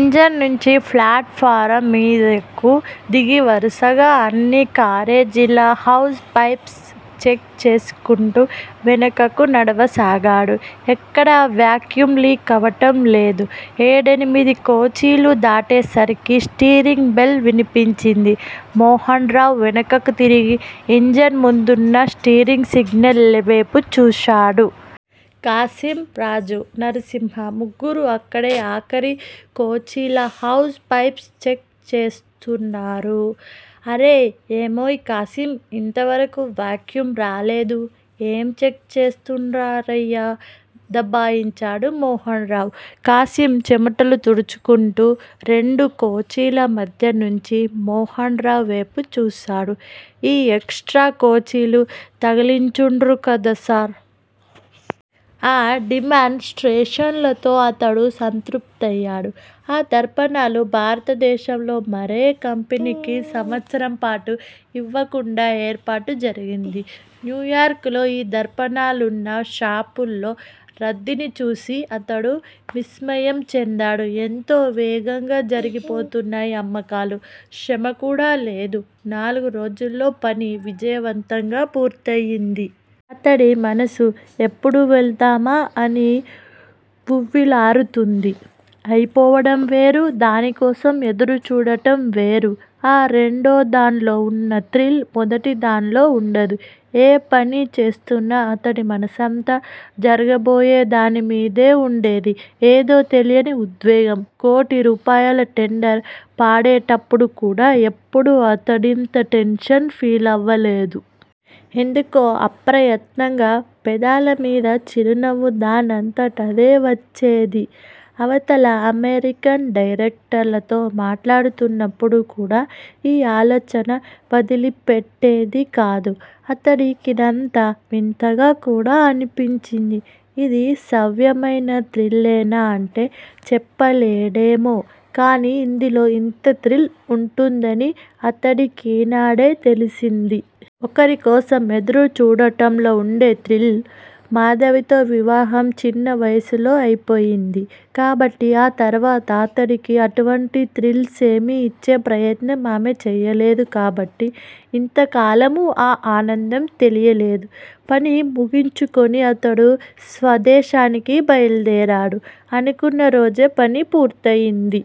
Engine నుంచి platform మీదకు దిగి వరుసగా అన్నికారేజీల హోస్ పైప్స్ చెక్ చేసుకుంటూ వెనుకకు నడవసాగాడు. ఎక్కడా వ్యాక్యూమ్ లీక్ అవటం లేదు. ఏడెనిమిది కోచీలు దాటేసరికి స్టీర్టింగ్ బెల్ వినిపించింది. మోహన్రావ్ వెనకకు తిరిగి ఇంజన్ ముందున్న స్టీర్టింగ్ సిగ్నల్ వేపు చూశాడు. ఖాసిమ్, రాజు, నర్సింహ ముగ్గురూ అక్కడే ఆఖరికోచీలహోస్ పైప్స్ చెక్ చేస్తున్నారు. అరె, ఏమోయ్ ఖాసిమ్ ఇంతవరకూ వ్యాక్యూమ్ రాలేదు. ఏం చెక్ చేస్తున్రయ్యా దబాయించాడు మోహన్రావ్. ఖాసిమ్ చెమటలు తుడుచుకుంటూ రెండు కోచీల మధ్యనుంచి మోహన్రావ్ వేపు చూశాడు. ఈ ఎక్ స్ట్రా కోచీలు తగిలించిన్రుకద్సార్. ఆ డిమాన్ స్ట్రేషన్ లతో అతడు సంతృప్తుయ్యాడు. ఆ దర్పణాలు భారతదేశంలో మరే కంపెనీకి సంవత్సరంపాటు ఇవ్వకుండా ఏర్పాటు జరిగింది. న్యూయార్క్ లో ఈ దర్పణాలున్న షాపుల్లో రద్దీని చూసి అతడు విస్మయం చెందాడు. ఎంతో వేగంగా జరిగిపోతున్నాయి అమ్మకాలు. శ్రమకూడా లేదు. నాలుగు రోజుల్లో పని విజయవంతంగా పూర్తయింది. అతడి మనసు ఎప్పుడు వెళ్దామా అని వువ్విళ్ళూరుతోంది. అయిపోవడం వేరు. దానికోసం ఎదురుచూడటం వేరు. ఆ రెండోదాన్లో వున్న థ్రిల్ మొదటిదానిలో వుండదు. ఏ పని చేస్తున్నా అతడి మనసంతా జరగబోయేదానిమీదే వుండేది. ఏదో తెలియని ఉద్వేగం. కోటి రూపాయల టెండరు పాడేటప్పుడు కూడా ఎపుడూ అతడింత టెన్షన్ ఫీలవలేదు. ఎందుకో అప్రయత్నంగా పెదాల మీద చిరునవ్వు దానంతట అదే వచ్చేది. అవతల అమెరికన్ డైరెక్టర్లతో మాట్లాడుతున్నప్పుడు కూడా ఈ ఆలోచన వదలిపెట్టేది కాదు. అతడి కిదంతా వింతగా కూడా అనిపించింది. ఇది సవ్యమైన థ్రిల్లేనా అంటే చెప్పలేడేమో కానీ ఇందులో ఇంత థ్రిల్ వుంటుందని అతడికీనాడే తెలిసింది. ఒకరికోసం ఎదురు చూడటంలో వుండే థ్రిల్లు! మాధవితో వివాహం చిన్న వయసులో అయిపోయింది. కాబట్టి ఆ తరువాత అతడికి అటువంటి థ్రిల్సేమీ ఇచ్చే ప్రయత్నం ఆమె చేయలేదు కాబట్టి ఇంతకాలమూ ఆ ఆనందం తెలియలేదు. పని ముగించుకుని అతడు స్వదేశానికి బయల్దేరాడు. అనుకున్న రోజే పని పూర్తయింది.